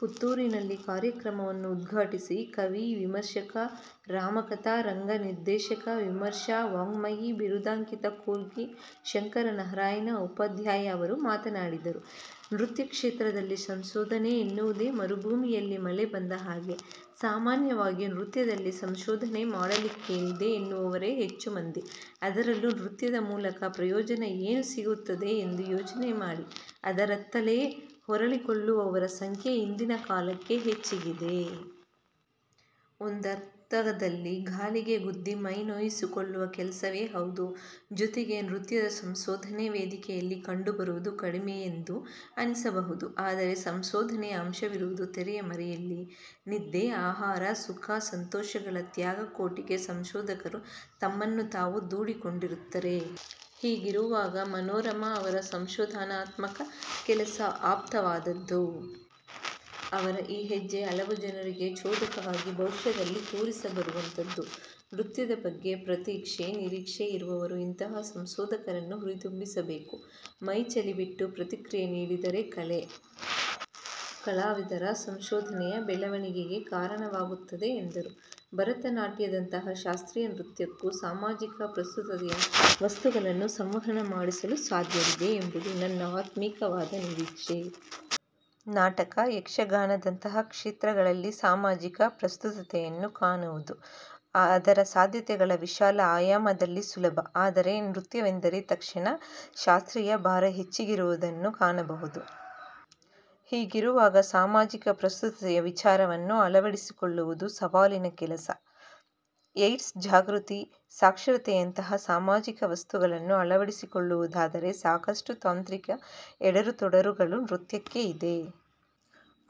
ಪುತ್ತೂರಿನಲ್ಲಿ ಕಾರ್ಯಕ್ರಮವನ್ನು ಉದ್ಘಾಟಿಸಿ ಕವಿ, ವಿಮರ್ಶಕ, 'ರಾಮಕಥಾ' ರಂಗನಿರ್ದೇಶಕ ವಿಮರ್ಶಾ ವಾಙ್ಮಯಿ ಬಿರುದಾಂಕಿತ ಕೊರ್ಗಿ ಶಂಕರನಾರಾಯಣ ಉಪಾಧ್ಯಾಯ ಅವರು ಮಾತನಾಡಿದರು. ನೃತ್ಯಕ್ಷೇತ್ರದಲ್ಲಿ ಸಂಶೋಧನೆ ಎನ್ನುವುದೇ ಮರುಭೂಮಿಯಲ್ಲಿ ಮಳೆ ಬಂದ ಹಾಗೆ. ಸಾಮನ್ಯವಾಗಿ ನೃತ್ಯದಲ್ಲಿ ಸಂಶೋಧನೆ ಮಾಡಲಿಕ್ಕೇನಿದೆ ಎನ್ನುವವರೇ ಹೆಚ್ಚು ಮಂದಿ. ಅದರಲ್ಲೂ ನೃತ್ಯದ ಮೂಲಕ ಪ್ರಯೋಜನ ಏನು ಸಿಗುತ್ತದೆ ಎಂದು ಯೋಚನೆ ಮಾಡಿ ಅದರತ್ತಲೇ ಹೊರಳಿಕೊಳ್ಳುವವರ ಸಂಖ್ಯೆ ಇಂದಿನ ಕಾಲಕ್ಕೆ ಹೆಚ್ಚಿಗಿದೆ. ಒಂದರ್ಥದಲ್ಲಿ ಗಾಳಿಗೆ ಗುದ್ದಿ ಮೈನೋಯಿಸಿಕೊಳ್ಳುವ ಕೆಲಸವೇ ಹೌದು. ಜೊತೆಗೆ ನೃತ್ಯದ ಸಂಶೋಧನೆ ವೇದಿಕೆಯಲ್ಲಿ ಕಂಡುಬರುವುದು ಕಡಿಮೆಯೆಂದು ಅನಿಸಬಹುದು. ಆದರೆ ಸಂಶೋಧನೆಯ ಅಂಶವಿರುವುದು ತೆರೆಯ ಮರೆಯಲಿ. ನಿದ್ದೆ, ಆಹಾರ, ಸುಖ ಸಂತೊಷಗಳ ತ್ಯಾಗಕೋಟಿಗೆ ಸಂಶೋಧಕರು ತಮ್ಮನ್ನು ತಾವು ದೂಡಿಕೊಂಡಿರುತ್ತಾರೆ. ಹೀಗಿರುವಾಗ ಮನೋರಮಾ ಅವರ ಸಂಶೋಧನಾತ್ಮಕ ಕೆಲಸ ಆಪ್ತವಾದದ್ದು. ಅವರ ಈ ಹೆಜ್ಜೆ ಹಲವು ಜನರಿಗೆ ಚೋದಕವಾಗಿ ಭವಿಷ್ಯದಲ್ಲಿ ತೋರಿಬರುವಂತದ್ದು. ನೃತ್ಯದ ಬಗ್ಗೆ ಪ್ರತೀಕ್ಷೆ, ನಿರೀಕ್ಷೆ ಇರುವವರು ಇಂತಹ ಸಂಶೋಧಕರನ್ನು ಹುರಿದುಂಬಿಸಬೇಕು. ಮೈಚಳಿ ಬಿಟ್ಟು ಪ್ರತಿಕ್ರಿಯೆ ನೀಡಿದರೆ ಕಲೆ, ಕಲಾವಿದರ, ಸಂಶೋಧನೆಯ ಬೆಳವಣಿಗೆಗೆ ಕಾರಣವಾಗುತ್ತದೆ ಎಂದರು. ಭರತನಾಟ್ಯದಂತಹ ಶಾಸ್ತ್ರೀಯ ನೃತ್ಯಕ್ಕೂ ಸಾಮಾಜಿಕ ಪ್ರಸ್ತುತತೆಯ ವಸ್ತುಗಳನ್ನು ಸಂವಹನ ಮಾಡಿಸಲು ಸಾಧ್ಯವಿದೆ ಎಂಬುದು ನನ್ನ ಆತ್ಮಿಕವಾದ ನಿರೀಕ್ಷೆ. ನಾಟಕ, ಯಕ್ಷಗಾನದಂತಹ ಕ್ಷೇತ್ರಗಳಲ್ಲಿ ಸಾಮಾಜಿಕ ಪ್ರಸ್ತುತತೆಯನ್ನು ಕಾಣುವುದು ಅದರ ಸಾಧ್ಯತೆಗಳ ವಿಶಾಲ ಆಯಾಮದಲ್ಲಿ ಸುಲಭ. ಆದರೆ ನೃತ್ಯವೆಂದ ತಕ್ಷಣ ಶಾಸ್ತ್ರೀಯ ಭಾರ ಹೆಚ್ಚಿಗಿರುವುದನ್ನು ಕಾಣಬಹುದು. ಹೀಗಿರುವಾಗ ಸಾಮಾಜಿಕ ಪ್ರಸ್ತುತತೆಯ ವಿಚಾರವನ್ನು ಅಳವಡಿಸಿಕೊಳ್ಳುವುದು ಸವಾಲಿನ ಕೆಲಸ. ಏಯ್ಡ್ಸ್ ಜಾಗೃತಿ, ಸಾಕ್ಷರತೆಯಂತಹ ಸಾಮಾಜಿಕ ವಸ್ತುಗಳನ್ನು ಅಳವಡಿಸಿಕೊಳ್ಳುವುದಾದರೆ ಸಾಕಷ್ಟು ತಾಂತ್ರಿಕ ಎಡರುತೊಡರುಗಳು ನೃತ್ಯಕ್ಕೆ ಇದೆ.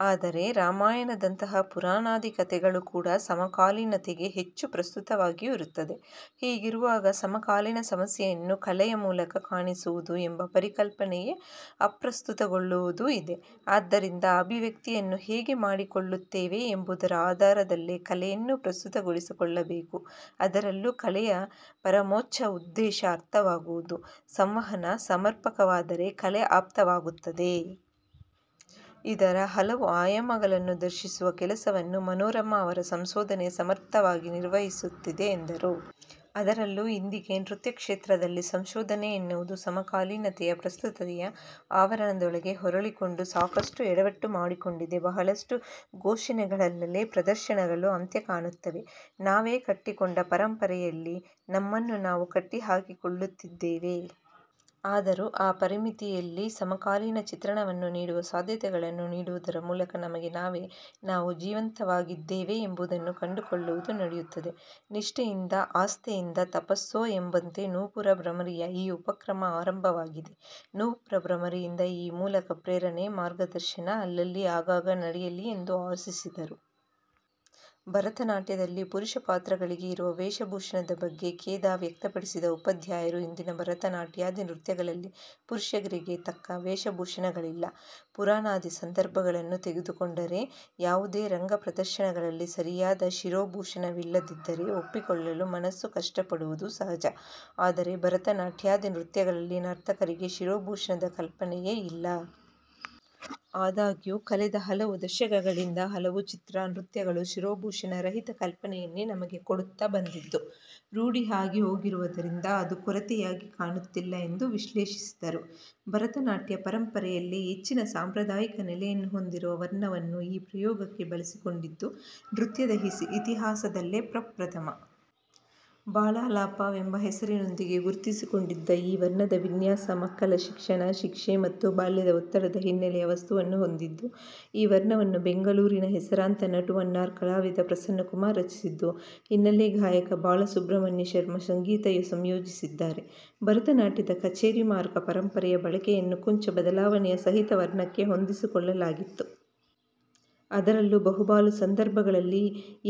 ಆದರೆ ರಾಮಾಯಣದಂತಹ ಪುರಾಣಾದಿ ಕಥೆಗಳೂ ಕೂಡಾ ಸಮಕಾಲೀನತೆಗೆ ಹೆಚ್ಚು ಪ್ರಸ್ತುತವಾಗಿಯೂ ಇರುತ್ತದೆ. ಹೀಗಿರುವಾಗ ಸಮಕಾಲೀನ ಸಮಸ್ಯೆಯನ್ನು ಕಲೆಯ ಮೂಲಕ ಕಾಣಿಸುವುದು ಎಂಬ ಪರಿಕಲ್ಪನೆಯೇ ಅಪ್ರಸ್ತುತಗೊಳ್ಳುವುದೂ ಇದೆ. ಆದ್ದರಿಂದ ಅಭಿವ್ಯಕ್ತಿಯನ್ನು ಹೇಗೆ ಮಾಡಿಕೊಳ್ಳುತ್ತೇವೆ ಎಂಬುದರ ಆಧಾರದಲ್ಲೇ ಕಲೆಯನ್ನು ಪ್ರಸ್ತುತಗೊಳಿಸಿಕೊಳ್ಳಬೇಕು ಅದರಲ್ಲೂ ಕಲೆಯ ಪರಮೋಚ್ಛ ಉದ್ದೇಶ 'ಅರ್ಥವಾಗುವುದು'. ಸಂವಹನ ಸಮರ್ಪಕವಾದರೆ ಕಲೆ ಆಪ್ತವಾಗುತ್ತದೆ. ಇದರ ಹಲವು ಆಯಾಮಗಳನ್ನು ದರ್ಶಿಸುವ ಕೆಲಸವನ್ನು ಮನೋರಮಾ ಅವರ ಸಂಶೋಧನೆ ಸಮರ್ಥವಾಗಿ ನಿರ್ವಹಿಸುತ್ತಿದೆ ಎಂದರು. ಅದರಲ್ಲೂ ಇಂದಿಗೆ ನೃತ್ಯಕ್ಷೇತ್ರದಲ್ಲಿ ಸಂಶೋಧನೆ ಎನ್ನುವುದು ಸಮಕಾಲೀನತೆಯ ಪ್ರಸ್ತುತತೆಯ ಆವರಣದೊಳಗೆ ಹೊರಳಿಕೊಂಡು ಸಾಕಷ್ಟು ಎಡವಟ್ಟು ಮಾಡಿಕೊಂಡಿದೆ. ಬಹಳಷ್ಟು ಘೋಷಣೆಗಳಲ್ಲೇ ಪ್ರದರ್ಶನಗಳು ಅಂತ್ಯ ಕಾಣುತ್ತವೆ. ನಾವೇ ಕಟ್ಟಿಕೊಂಡ ಪರಂಪರೆಯಲ್ಲಿ ನಮ್ಮನ್ನು ನಾವು ಕಟ್ಟಿಹಾಕಿಕೊಳ್ಳುತ್ತಿದ್ದೇವೆ. ಆದರೂ ಆ ಪರಿಮಿತಿಯಲ್ಲಿ ಸಮಕಾಲೀನ ಚಿತ್ರಣವನ್ನು ನೀಡುವ ಸಾಧ್ಯತೆಗಳನ್ನು ನೀಡುವುದರ ಮೂಲಕ ನಮಗೆ ನಾವೇ 'ನಾವು ಜೀವಂತವಾಗಿದ್ದೇವೆ' ಎಂಬುದನ್ನು ಕಂಡುಕೊಳ್ಳುವುದು ನಡೆಯುತ್ತದೆ. ನಿಷ್ಠೆಯಿಂದ, ಆಸ್ಥೆಯಿಂದ, ತಪಸ್ಸೋ ಎಂಬಂತೆ ನೂಪುರ ಭ್ರಮರಿಯ ಈ ಉಪಕ್ರಮ ಆರಂಭವಾಗಿದೆ. ನೂಪುರ ಭ್ರಮರಿಯಿಂದ ಈ ಮೂಲಕ ಪ್ರೇರಣೆ, ಮಾರ್ಗದರ್ಶನ ಅಲ್ಲಲ್ಲಿ ಆಗಾಗ ನಡೆಯಲಿ ಎಂದು ಆಶಿಸಿದರು. ಭರತನಾಟ್ಯದಲ್ಲಿ ಪುರುಷ ಪಾತ್ರಗಳಿಗೆ ಇರುವ ವೇಷಭೂಷಣದ ಬಗ್ಗೆ ಖೇದ ವ್ಯಕ್ತಪಡಿಸಿದ ಉಪಾಧ್ಯಾಯರು ಇಂದಿನ ಭರತನಾಟ್ಯಾದಿ ನೃತ್ಯಗಳಲ್ಲಿ ಪುರುಷರಿಗೆ ತಕ್ಕ ವೇಷಭೂಷಣಗಳಿಲ್ಲ. ಪುರಾಣಾದಿ ಸಂದರ್ಭಗಳನ್ನು ತೆಗೆದುಕೊಂಡರೆ ಯಾವುದೇ ರಂಗ ಪ್ರದರ್ಶನಗಳಲ್ಲಿ ಸರಿಯಾದ ಶಿರೋಭೂಷಣವಿಲ್ಲದಿದ್ದರೆ ಒಪ್ಪಿಕೊಳ್ಳಲು ಮನಸ್ಸು ಕಷ್ಟಪಡುವುದು ಸಹಜ. ಆದರೆ ಭರತನಾಟ್ಯಾದಿ ನೃತ್ಯಗಳಲ್ಲಿ ನರ್ತಕರಿಗೆ ಶಿರೋಭೂಷಣದ ಕಲ್ಪನೆಯೇ ಇಲ್ಲ. ಆದಾಗ್ಯೂ ಕಳೆದ ಹಲವು ದಶಕಗಳಿಂದ ಹಲವು ಚಿತ್ರ, ನೃತ್ಯ, ಗಳು ಶಿರೋಭೂಷಣ ರಹಿತ ಕಲ್ಪನೆಯನ್ನೇ ನಮಗೆ ಕೊಡುತ್ತಾ ಬಂದಿದ್ದು; ರೂಢಿಯಾಗಿ ಹೋಗಿರುವುದರಿಂದ ಅದು ಕೊರತೆಯಾಗಿ ಕಾಣುತ್ತಿಲ್ಲ. ಎಂದು ವಿಶ್ಲೇಷಿಸಿದರು. ಭರತನಾಟ್ಯ ಪರಂಪರೆಯಲ್ಲೇ ಹೆಚ್ಚಿನ ಸಾಂಪ್ರ್ರದಾಯಿಕ ನೆಲೆಯನ್ನು ಹೊಂದಿರುವ ವರ್ಣವನ್ನು ಈ ಪ್ರಯೋಗಕ್ಕೆ ಬಳಸಿಕೊಂಡಿದ್ದು ನೃತ್ಯದ ಇತಿಹಾಸದಲ್ಲೇ ಪ್ರಪ್ರಥಮ. 'ಬಾಲಾಲಾಪ' ವೆಂಬ ಹೆಸರಿನೊಂದಿಗೆ ಗುರುತಿಸಿಕೊಂಡಿದ್ದ ಈ ವರ್ಣದ ವಿನ್ಯಾಸಮಕ್ಕಳ ಶಿಕ್ಷಣ, ಶಿಕ್ಷೆ ಮತ್ತು ಬಾಲ್ಯದ ಒತ್ತಡದ ಹಿನ್ನೆಲೆಯ ವಸ್ತುವನ್ನು ಹೊಂದಿತ್ತು. ಈ ವರ್ಣವನ್ನು ಬೆಂಗಳೂರಿನ ಹೆಸರಾಂತ ನಟುವನ್ನಾರ್ ಕಲಾವಿದ ಪ್ರಸನ್ನಕುಮಾರ್ ರಚಿಸಿದ್ದು; ಹಿನ್ನೆಲೆ ಗಾಯಕ ಬಾಲಸುಬ್ರಹ್ಮಣ್ಯ ಶರ್ಮ ಸಂಗೀತ ಸಂಯೋಜಿಸಿದ್ದಾರೆ. ಭರತನಾಟ್ಯದ ಕಛೇರಿಮಾರ್ಗ ಪರಂಪರೆಯ ಬಳಕೆಯನ್ನು ಕೊಂಚ ಬದಲಾವಣೆಯ ಸಹಿತ ವರ್ಣಕ್ಕೆ ಹೊಂದಿಸಿಕೊಳ್ಳಲಾಗಿತ್ತು. ಅದರಲ್ಲೂ ಬಹುಪಾಲು ಸಂದರ್ಭಗಳಲ್ಲಿ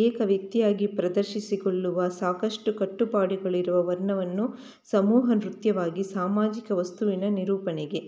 ಏಕವ್ಯಕ್ತಿಯಾಗಿ ಪ್ರದರ್ಶಿತಗೊಳ್ಳುವ ಸಾಕಷ್ಟು ಕಟ್ಟುಪಾಡುಗಳಿರುವ ವರ್ಣವನ್ನು ಸಮೂಹನೃತ್ಯವಾಗಿ, ಸಾಮಾಜಿಕ ವಸ್ತುವಿನ ನಿರೂಪಣೆಗೆ